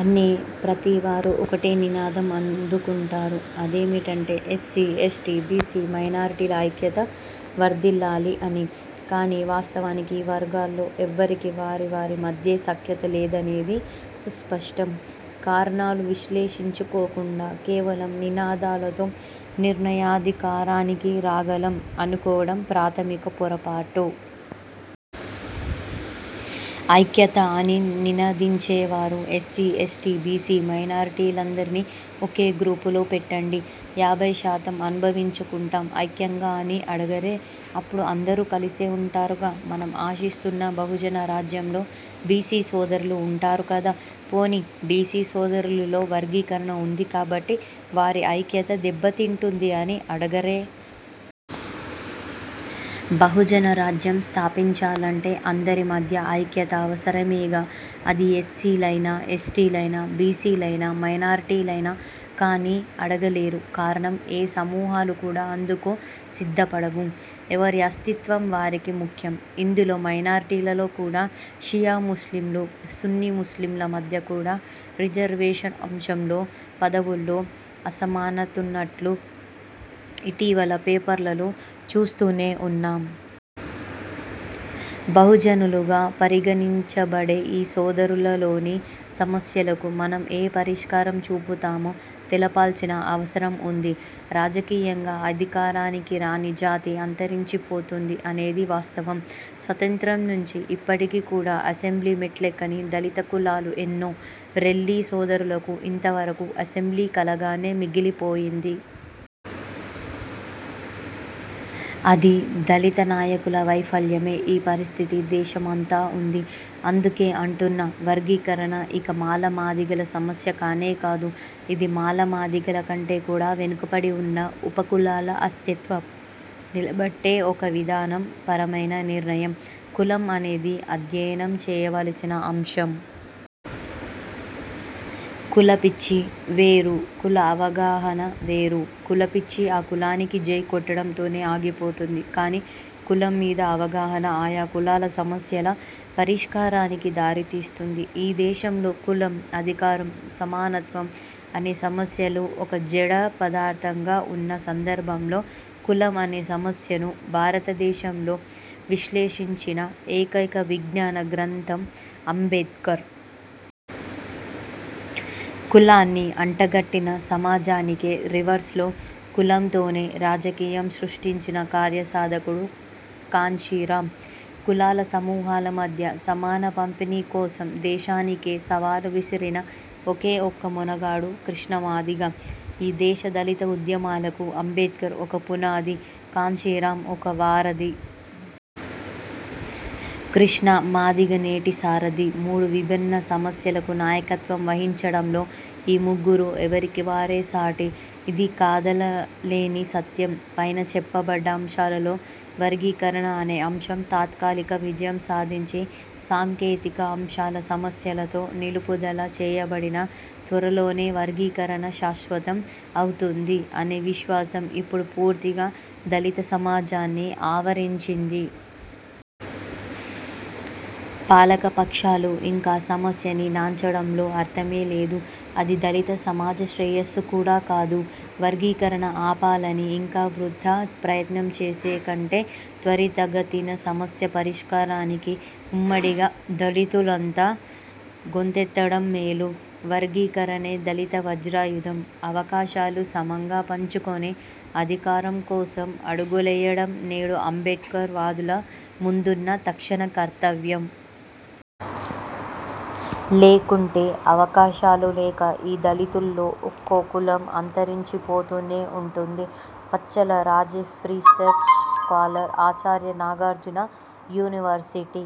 అనే ప్రతి వారు ఒకటే నినాదం అందుకుంటారు అదేమిటంటే 'ఎస్సీ, ఎస్టీ, బీసీ మైనారిటీల ఐక్యత వర్ధిల్లాలి' అని. కానీ వాస్తవానికి ఈ వర్గాల్లో ఎవ్వరికీ వారి వారి మధ్యే సఖ్యత లేదనేది సుస్పష్టం. కారణాలు విశ్లేషించుకోకుండా కేవలం నినాదాలతో నిర్ణయాధికారానికి రాగలం అనుకోవడం ప్రాథమిక పొరపాటు. ఐక్యత అని నినదించేవారు ఎస్సీ, ఎస్టీ, బీసీ మైనారిటీలందరినీ ఒకే గ్రూపులో పెట్టండి, యాభైశాతం అనుభవించుకుంటాం ఐక్యంగా అని అడగరే? అప్పుడు అందరూ కలిసే ఉంటారుగా. మనం ఆశిస్తున్న బహుజనరాజ్యంలో బీసీ సోదరులు ఉంటారు కదా? పోనీ బీసీ సోదరులలో వర్గీకరణ ఉంది కాబట్టి వారి ఐక్యత దెబ్బతింటుంది అని అడగరే? బహుజన రాజ్యం స్థాపించాలంటే అందరి మధ్య ఐక్యత అవసరమేగా. అది ఎస్సీ లైనా, ఎస్టీ లైనా, బీసీలైనా, మైనారిటీ లైనా. కానీ అడగలేరు కారణం ఏ సమూహాలు కూడా అందుకు సిద్ధపడవు. ఎవరి అస్తిత్వం వారికి ముఖ్యం. ఇందులో మైనారిటీలలో కూడా షియా ముస్లింలు, సున్నీ ముస్లిం ల మధ్య కూడా రిజర్వేషన్ అంశంలో పదవుల్లో అసమానతలున్నట్టు ఇటీవల పేపర్లలో చూస్తూనే ఉన్నాం. బహుజనులుగా పరిగణించబడే ఈ సోదరులలోని సమస్యలకు మనం ఏ పరిష్కారం చూపుతామో తెలపాల్సిన అవసరం ఉంది. రాజకీయంగా అధికారానికి రాని జాతి అంతరించిపోతుంది అనేది వాస్తవం. స్వతంత్రం నుంచి ఇప్పటికీ కూడా అసెంబ్లీ మెట్లెక్కని దళిత కులాలు ఎన్నో. రెల్లి సోదరులకు ఇంతవరకు అసెంబ్లీ కలగానే మిగిలిపోయింది. అది దళిత నాయకుల వైఫల్యమే. ఈ పరిస్థితి దేశమంతా ఉంది. అందుకే అంటున్నా వర్గీకరణ ఇక మాల మాదిగల సమస్య కానేకాదు. ఇది మాల మాదిగలకంటే కూడా వెనకబడి ఉన్న ఉపకులాల అస్తిత్వం నిలబెట్టే ఒక విధాన పరమైన నిర్ణయం. కులం అనేది అధ్యయనం చేయవలసిన అంశం. 'కుల పిచ్చి' వేరు, 'కుల అవగాహన' వేరు. కుల పిచ్చి ఆ కులానికి జై కొట్టడంతోనే ఆగిపోతుంది. కానీ కులం మీద అవగాహన ఆయా కులాల సమస్యల పరిష్కారానికి దారితీస్తుంది. ఈ దేశంలో కులం, అధికారం, సమానత్వం అనే సమస్యలు ఒక జడ పదార్థంగా ఉన్న సందర్భంలో కులం అనే సమస్యను భారతదేశం లో విశ్లేషించిన ఏకైక విజ్ఞాన గ్రంథం అంబేడ్కర్. కులాన్ని అంటగట్టిన సమాజానికే రివర్స్ లో కులం తోనే రాజకీయం సృష్టించిన కార్యసాధకుడు కాన్షీరాం. కులాల సమూహల మధ్య సమాన పంపిణీ కోసం దేశానికే సవాలు విసిరిన ఒకేఒక్క మొనగాడు కృష్ణ మాదిగ. ఈ దేశ దళిత ఉద్యమాలకు అంబేడ్కర్ ఒక పునాది. కాన్షీరాం ఒక వారధి. కృష్ణ మాదిగ నేటి సారథి. మూడు విభిన్న సమస్యలకు నాయకత్వం వహించడంలో ఈ ముగ్గురు ఎవరికివారే సాటి. ఇది కాదనలేని సత్యం. పైన చెప్పబడ్డ అంశాలలో వర్గీకరణ అనే అంశం తాత్కాలిక విజయం సాధించి సాంకేతిక అంశాల సమస్యలతో నిలుపుదల చేయబడినా త్వరలోనే వర్గీకరణ శాశ్వతం అవుతుంది అనే విశ్వాసం ఇప్పుడు పూర్తిగా దళిత సమాజాన్ని ఆవరించింది. పాలక పక్షాలు ఇంకా సమస్యని నాన్చడంలో అర్థమే లేదు, అది దళిత సమాజ శ్రేయస్సు కూడా కాదు. వర్గీకరణ ఆపాలని ఇంకా వృథా ప్రయత్నం చేసే కంటే త్వరితగతిన సమస్య పరిష్కారానికి ఉమ్మడిగా దళితులంతా గొంతెత్తడం మేలు. వర్గీకరణే దళిత వజ్రాయుధం. అవకాశాలు సమంగా పంచుకొని, అధికారం కోసం అడుగులెయ్యడం నేడు అంబేడ్కర్ వాదుల ముందున్న తక్షణ కర్తవ్యం. లేకుంటే అవకాశాలు లేక ఈ దళితుల్లో ఒక్కో కులం అంతరించిపోతూనే ఉంటుంది. Pachala Rajesh research scholar, Acharya Nagarjuna university